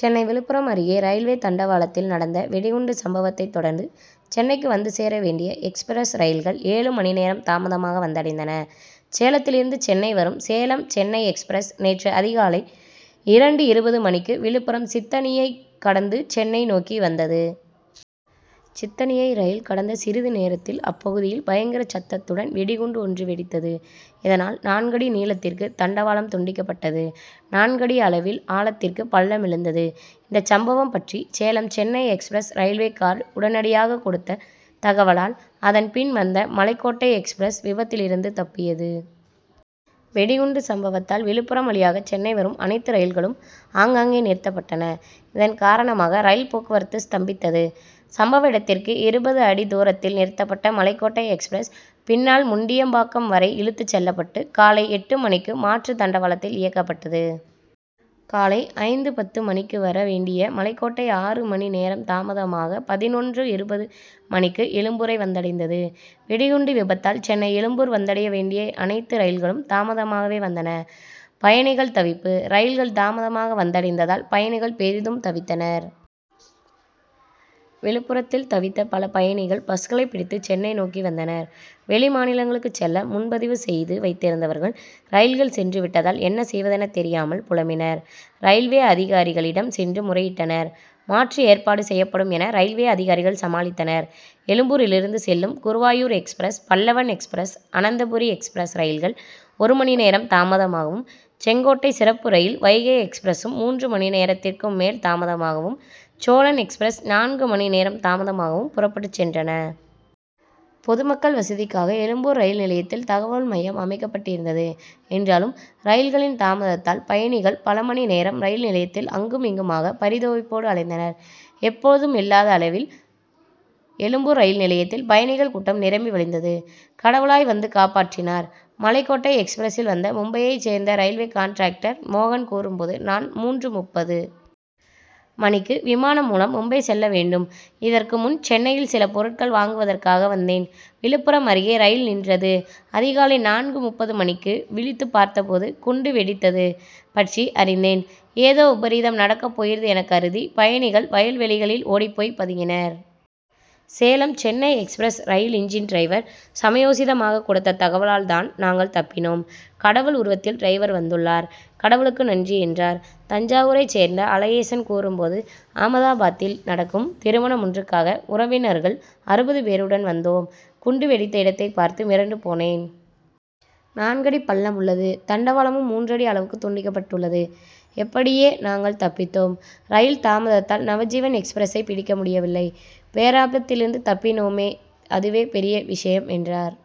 சென்னை விழுப்புரம் அருகே ரயில்வே தண்டவாளத்தில் நடந்த வெடிகுண்டு சம்பவத்தைத் தொடர்ந்து சென்னைக்கு வந்து சேர வேண்டிய எக்ஸ்பிரஸ் ரயில்கள் ஏழு மணி நேரம் தாமதமாக வந்தடைந்தன. சேலத்திலிருந்து சென்னை வரும் சேலம் சென்னை எக்ஸ்பிரஸ் நேற்று அதிகாலை இரண்டு இருபது மணிக்கு விழுப்புரம் சித்தணியைக் கடந்து சென்னை நோக்கி வந்தது. சித்தணியை ரயில் கடந்த சிறிது நேரத்தில், அப்பகுதியில் பயங்கர சத்தத்துடன் வெடிகுண்டு ஒன்று வெடித்தது. இதனால், நான்கடி நீளத்திற்கு தண்டவாளம் துண்டிக்கப்பட்டது. நான்கடி அளவில் ஆழத்திற்கு பள்ளம் விழுந்தது. இந்த சம்பவம் பற்றி, Salem Chennai express railway guard உடனடியாக கொடுத்த தகவலால், அதன் பின் வந்த மலைக்கோட்டை எக்ஸ்பிரஸ் விபத்திலிருந்து தப்பியது. வெடிகுண்டு சம்பவத்தால் விழுப்புரம் வழியாக சென்னை வரும் அனைத்து ரயில்களும் ஆங்காங்கே நிறுத்தப்பட்டன. இதன் காரணமாக ரயில் போக்குரவத்து ஸ்தம்பித்தது. சம்பவ இடத்திற்கு இருபது அடி தூரத்தில் நிறுத்தப்பட்ட மலைக்கோட்டை எக்ஸ்பிரஸ், பின்னால் முண்டியம்பாக்கம் வரை இழுத்துச் செல்லப்பட்டு, காலை எட்டு மணிக்கு மாற்று தண்டவாளத்தில் இயக்கப்பட்டது. காலை ஐந்து பத்து மணிக்கு வர வேண்டிய மலைக்கோட்டை ஆறு மணி நேரம் தாமதமாக பதினொன்று.இருபது மணிக்கு எழும்பூரை வந்தடைந்தது. வெடிகுண்டு விபத்தால் சென்னை எழும்பூர் வந்தடைய வேண்டிய அனைத்து ரயில்களும் தாமதமாகவே வந்தன. பயணிகள் தவிப்பு: ரயில்கள் தாமதமாக வந்தடைந்ததால் பயணிகள் பெரிதும் தவித்தனர். விழுப்புரத்தில் தவித்த பல பயணிகள், பஸ்களை பிடித்து சென்னை நோக்கி வந்தனர். வெளிமாநிலங்களுக்குச் செல்ல முன்பதிவு செய்து வைத்திருந்தவர்கள், ரயில்கள் சென்று விட்டதால், என்ன செய்வதென தெரியாமல் புலம்பினர். ரயில்வே அதிகாரிகளிடம் சென்று முறையிட்டனர். மாற்று ஏற்பாடு செய்யப்படும் என, ரயில்வே அதிகாரிகள் சமாளித்தனர். எழும்பூரிலிருந்து செல்லும் Guruvayur express, Pallavan express, Ananthapuri express ரயில்கள் ஒரு மணி நேரம் தாமதமாகவும், செங்கோட்டை சிறப்பு ரயில், வைகை எக்ஸ்பிரசும் மூன்று மணி நேரத்திற்கும் மேல் தாமதமாகவும், சோழன் எக்ஸ்பிரஸ் நான்கு மணி நேரம் தாமதமாகவும் புறப்பட்டுச் சென்றன. பொதுமக்கள் வசதிக்காக எழும்பூர் ரயில் நிலையத்தில், தகவல் மையம் அமைக்கப்பட்டிருந்தது. என்றாலும், ரயில்களின் தாமதத்தால் பயணிகள் பல மணி நேரம் ரயில் நிலையத்தில், அங்கும், இங்குமாக பரிதவிப்போடு அலைந்தனர். எப்போதுமில்லாத அளவில் எழும்பூர் ரயில் நிலையத்தில் பயணிகள் கூட்டம் நிரம்பி வழிந்தது. கடவுளாய் வந்து காப்பாற்றினார்: மலைக்கோட்டை எக்ஸ்பிரசில் வந்த மும்பையைச் சேர்ந்த ரயில்வே கான்ட்ராக்டர் மோகன் கூறும்போது, நான் மூன்று.முப்பது மணிக்கு விமானம் மூலம் மும்பை செல்ல வேண்டும். இதற்கு முன், சென்னையில் சில பொருட்கள் வாங்குவதற்காக வந்தேன். விழுப்புரம் அருகே ரயில் நின்றது. அதிகாலை நான்கு.முப்பது மணிக்கு விழித்து பார்த்தபோது, குண்டு வெடித்தது பற்றி அறிந்தேன். ஏதோ விபரீதம் நடக்கப் போகிறது என கருதி பயணிகள், வயல்வெளிகளில் ஓடிப்போய் பதுங்கினர். Salem Chennai express rail engine driver சமயோசிதமாக கொடுத்த தகவலால் தான் நாங்கள் தப்பினோம். கடவுள் உருவத்தில் டிரைவர் வந்துள்ளார். கடவுளுக்கு நன்றி என்றார். தஞ்சாவூரைச் சேர்ந்த அழகேசன் கூறும்போது, ஆமதாபாத்தில் நடக்கும் திருமணம் ஒன்றுக்காக உறவினர்கள் அறுபது பேருடன் வந்தோம். குண்டு வெடித்த இடத்தை பார்த்து மிரண்டு போனேன். நான்கடி பள்ளம் உள்ளது. தண்டவாளமும் மூன்றடி அளவுக்கு துண்டிக்கப்பட்டுள்ளது. எப்படியே நாங்கள் தப்பித்தோம். ரயில் தாமதத்தால் நவஜீவன் எக்ஸ்பிரசை பிடிக்க முடியவில்லை. பேராபத்திலிருந்து தப்பினோமே அதுவே பெரிய விஷயம் என்றார்.